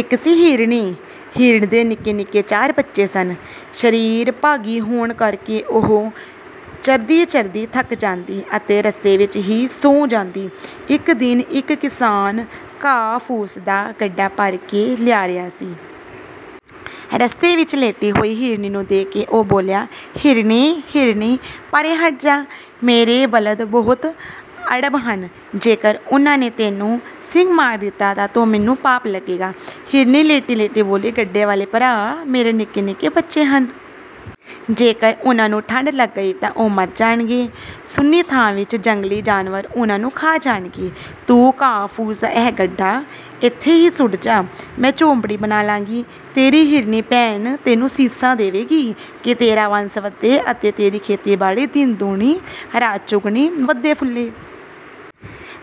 ਇੱਕ ਸੀ ਹਿਰਨੀ। ਹਿਰਨੀ ਦੇ ਨਿੱਕੇ-ਨਿੱਕੇ ਚਾਰ ਬੱਚੇ ਸਨ। ਸਰੀਰ ਭਾਰੀ ਹੋਣ ਕਰਕੇ ਉਹ ਚਰਦੀ-ਚਰਦੀ ਥੱਕ ਜਾਂਦੀ ਅਤੇ ਰਸਤੇ ਵਿੱਚ ਹੀ ਸੌਂ ਜਾਂਦੀ। ਇੱਕ ਦਿਨ ਇੱਕ ਕਿਸਾਨ ਘਾਹ-ਫੂਸ ਦਾ ਗੱਡਾ ਭਰ ਕੇ ਲਿਆ ਰਿਹਾ ਸੀ। ਰਸਤੇ ਵਿੱਚ ਲੇਟੀ ਹੋਈ ਹਿਰਨੀ ਨੂੰ ਦੇਖ ਕੇ ਉਹ ਬੋਲਿਆ, "ਹਿਰਨੀ, ਹਿਰਨੀ ਪਰ੍ਹੇ ਹਟ ਜਾ, ਮੇਰੇ ਬਲਦ ਬਹੁਤ ਅੜਬ ਹਨ। ਜੇਕਰ ਉਹਨਾਂ ਨੇ ਤੈਨੂੰ ਸਿੰਗ ਮਾਰ ਦਿੱਤਾ ਤਾਂ ਮੈਨੂੰ ਪਾਪ ਲੱਗੇਗਾ।" ਹਿਰਨੀ ਲੇਟੀ-ਲੇਟੀ ਬੋਲੀ, "ਗੱਡੇ ਵਾਲੇ ਭਰਾ, ਮੇਰੇ ਨਿੱਕੇ-ਨਿੱਕੇ ਬੱਚੇ ਹਨ। ਜੇਕਰ ਉਹਨਾਂ ਨੂੰ ਠੰਢ ਲੱਗ ਗਈ ਤਾਂ ਉਹ ਮਰ ਜਾਣਗੇ, ਸੁੰਨੀ ਥਾਂ ਵਿੱਚ ਜੰਗਲੀ ਜਾਨਵਰ ਉਹਨਾਂ ਨੂੰ ਖਾ ਜਾਣਗੇ। ਤੂੰ ਘਾਹ-ਫੂਸ ਦਾ ਇਹ ਗੱਡਾ ਇੱਥੇ ਹੀ ਸੁੱਟ ਜਾ, ਮੈਂ ਝੌਂਪੜੀ ਬਣਾ ਲਵਾਂਗੀ। ਤੇਰੀ ਹਿਰਨੀ ਭੈਣ ਤੈਨੂੰ ਅਸੀਸਾਂ ਦੇਵੇਗੀ ਕਿ ਤੇਰਾ ਵੰਸ਼ ਵਧੇ ਅਤੇ ਤੇਰੀ ਖੇਤੀਬਾੜੀ ਦਿਨ-ਦੁਗਣੀ ਰਾਤ-ਚੌਗੁਣੀ ਵਧੇ-ਫੁੱਲੇ।"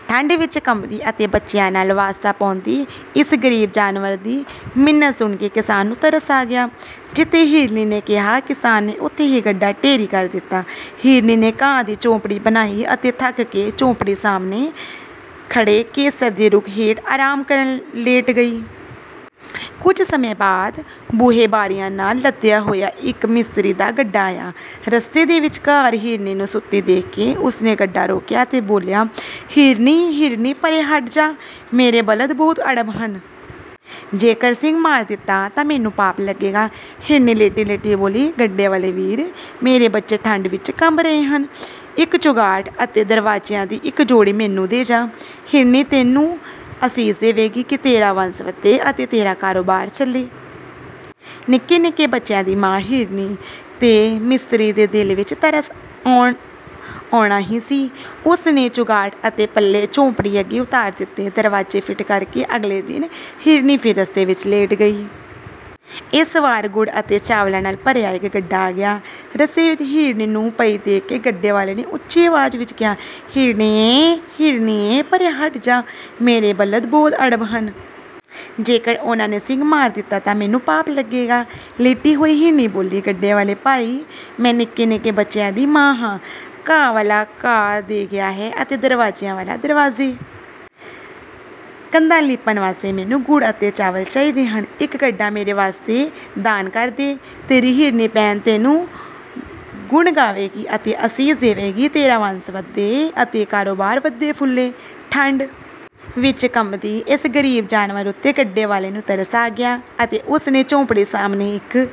ਠੰਢ ਵਿੱਚ ਕੰਬਦੀ ਅਤੇ ਬੱਚਿਆਂ ਲਈ ਵਾਸਤਾ ਪਾਉਂਦੀ ਇਸ ਗ਼ਰੀਬ ਜਾਨਵਰ ਦੀ ਮਿੰਨਤ ਸੁਣ ਕੇ ਕਿਸਾਨ ਨੂੰ ਤਰਸ ਆ ਗਿਆ। ਜਿੱਥੇ ਹਿਰਨੀ ਨੇ ਕਿਹਾ, ਕਿਸਾਨ ਨੇ ਉੱਥੇ ਹੀ ਗੱਡਾ ਢੇਰੀ ਕਰ ਦਿੱਤਾ। ਹਿਰਨੀ ਨੇ ਘਾਹ ਦੀ ਝੌਂਪੜੀ ਬਣਾਈ ਅਤੇ ਥੱਕ ਕੇ ਝੌਂਪੜੀ ਸਾਹਮਣੇ ਖੜ੍ਹੇ ਕੇਸਰ ਦੇ ਰੁੱਖ ਹੇਠ ਆਰਾਮ ਕਰਨ ਲਈ ਲੇਟ ਗਈ। ਕੁਝ ਸਮੇਂ ਬਾਅਦ ਬੂਹੇ-ਬਾਰੀਆਂ ਨਾਲ ਲੱਦਿਆ ਹੋਇਆ ਇੱਕ ਮਿਸਤਰੀ ਦਾ ਗੱਡਾ ਆਇਆ। ਰਸਤੇ ਦੇ ਵਿਚਕਾਰ ਹਿਰਨੀ ਨੂੰ ਸੁੱਤੀ ਦੇਖ ਕੇ ਉਸ ਨੇ ਗੱਡਾ ਰੋਕਿਆ ਅਤੇ ਬੋਲਿਆ, "ਹਿਰਨੀ, ਹਿਰਨੀ ਪਰ੍ਹੇ ਹਟ ਜਾ, ਮੇਰੇ ਬਲਦ ਬਹੁਤ ਅੜਬ ਹਨ। ਜੇਕਰ ਸਿੰਗ ਮਾਰ ਦਿੱਤਾ ਤਾਂ ਮੈਨੂੰ ਪਾਪ ਲੱਗੇਗਾ।" ਹਿਰਨੀ ਲੇਟੀ-ਲੇਟੀ ਬੋਲੀ, "ਗੱਡੇ ਵਾਲੇ ਵੀਰ, ਮੇਰੇ ਬੱਚੇ ਠੰਢ ਵਿੱਚ ਕੰਬ ਰਹੇ ਹਨ। ਇੱਕ ਚੁਗਾਠ ਅਤੇ ਦਰਵਾਜ਼ਿਆਂ ਦੀ ਇੱਕ ਜੋੜੀ ਮੈਨੂੰ ਦੇ ਜਾ। ਹਿਰਨੀ ਤੈਨੂੰ ਅਸੀਸ ਦੇਵੇਗੀ ਕਿ ਤੇਰਾ ਵੰਸ਼ ਵਧੇ ਅਤੇ ਤੇਰਾ ਕਾਰੋਬਾਰ ਚੱਲੇ।" ਨਿੱਕੇ-ਨਿੱਕੇ ਬੱਚਿਆਂ ਦੀ ਮਾਂ ਹਿਰਨੀ 'ਤੇ ਮਿਸਤਰੀ ਦੇ ਦਿਲ ਵਿੱਚ ਤਰਸ ਆਉਣਾ ਹੀ ਸੀ, ਉਸ ਨੇ ਚੁਗਾਠ ਅਤੇ ਪੱਲੇ ਝੌਂਪੜੀ ਅੱਗੇ ਉਤਾਰ ਦਿੱਤੇ। ਦਰਵਾਜ਼ੇ ਫਿੱਟ ਕਰਕੇ ਅਗਲੇ ਦਿਨ ਹਿਰਨੀ ਫਿਰ ਰਸਤੇ ਵਿੱਚ ਲੇਟ ਗਈ। ਇਸ ਵਾਰ ਗੁੜ ਅਤੇ ਚਾਵਲਾਂ ਨਾਲ ਭਰਿਆ ਇੱਕ ਗੱਡਾ ਆ ਗਿਆ। ਰਸਤੇ ਵਿੱਚ ਹਿਰਨੀ ਨੂੰ ਪਈ ਦੇਖ ਕੇ ਗੱਡੇ ਵਾਲੇ ਨੇ ਉੱਚੀ ਆਵਾਜ਼ ਵਿੱਚ ਕਿਹਾ, "ਹਿਰਨੀਏ, ਹਿਰਨੀਏ ਪਰ੍ਹੇ ਹਟ ਜਾ, ਮੇਰੇ ਬਲਦ ਬਹੁਤ ਅੜਬ ਹਨ। ਜੇਕਰ ਉਹਨਾਂ ਨੇ ਸਿੰਗ ਮਾਰ ਦਿੱਤਾ ਤਾਂ ਮੈਨੂੰ ਪਾਪ ਲੱਗੇਗਾ।" ਲੇਟੀ ਹੋਈ ਹਿਰਨੀ ਬੋਲੀ, "ਗੱਡੇ ਵਾਲੇ ਭਾਈ, ਮੈਂ ਨਿੱਕੇ-ਨਿੱਕੇ ਬੱਚਿਆਂ ਦੀ ਮਾਂ ਹਾਂ। ਘਾਹ ਵਾਲਾ ਘਾਹ ਦੇ ਗਿਆ ਹੈ ਅਤੇ ਦਰਵਾਜ਼ਿਆਂ ਵਾਲਾ ਦਰਵਾਜ਼ੇ। ਕੰਧਾਂ ਲਿੱਪਣ ਵਾਸਤੇ ਮੈਨੂੰ ਗੁੜ ਅਤੇ ਚਾਵਲ ਚਾਹੀਦੇ ਹਨ, ਇੱਕ ਗੱਡਾ ਮੇਰੇ ਵਾਸਤੇ ਦਾਨ ਕਰ ਦੇ। ਤੇਰੀ ਹਿਰਨੀ ਭੈਣ ਤੇਰੇ ਗੁਣ ਗਾਵੇਗੀ ਅਤੇ ਅਸੀਸ ਦੇਵੇਗੀ ਕਿ ਤੇਰਾ ਵੰਸ਼ ਵਧੇ ਅਤੇ ਕਾਰੋਬਾਰ ਵਧੇ-ਫੁੱਲੇ।" ਠੰਢ ਵਿੱਚ ਕੰਬਦੀ ਇਸ ਗ਼ਰੀਬ ਜਾਨਵਰ ਉੱਤੇ ਗੱਡੇ ਵਾਲੇ ਨੂੰ ਤਰਸ ਆ ਗਿਆ ਅਤੇ ਉਸ ਨੇ ਝੌਂਪੜੀ ਸਾਹਮਣੇ ਇੱਕ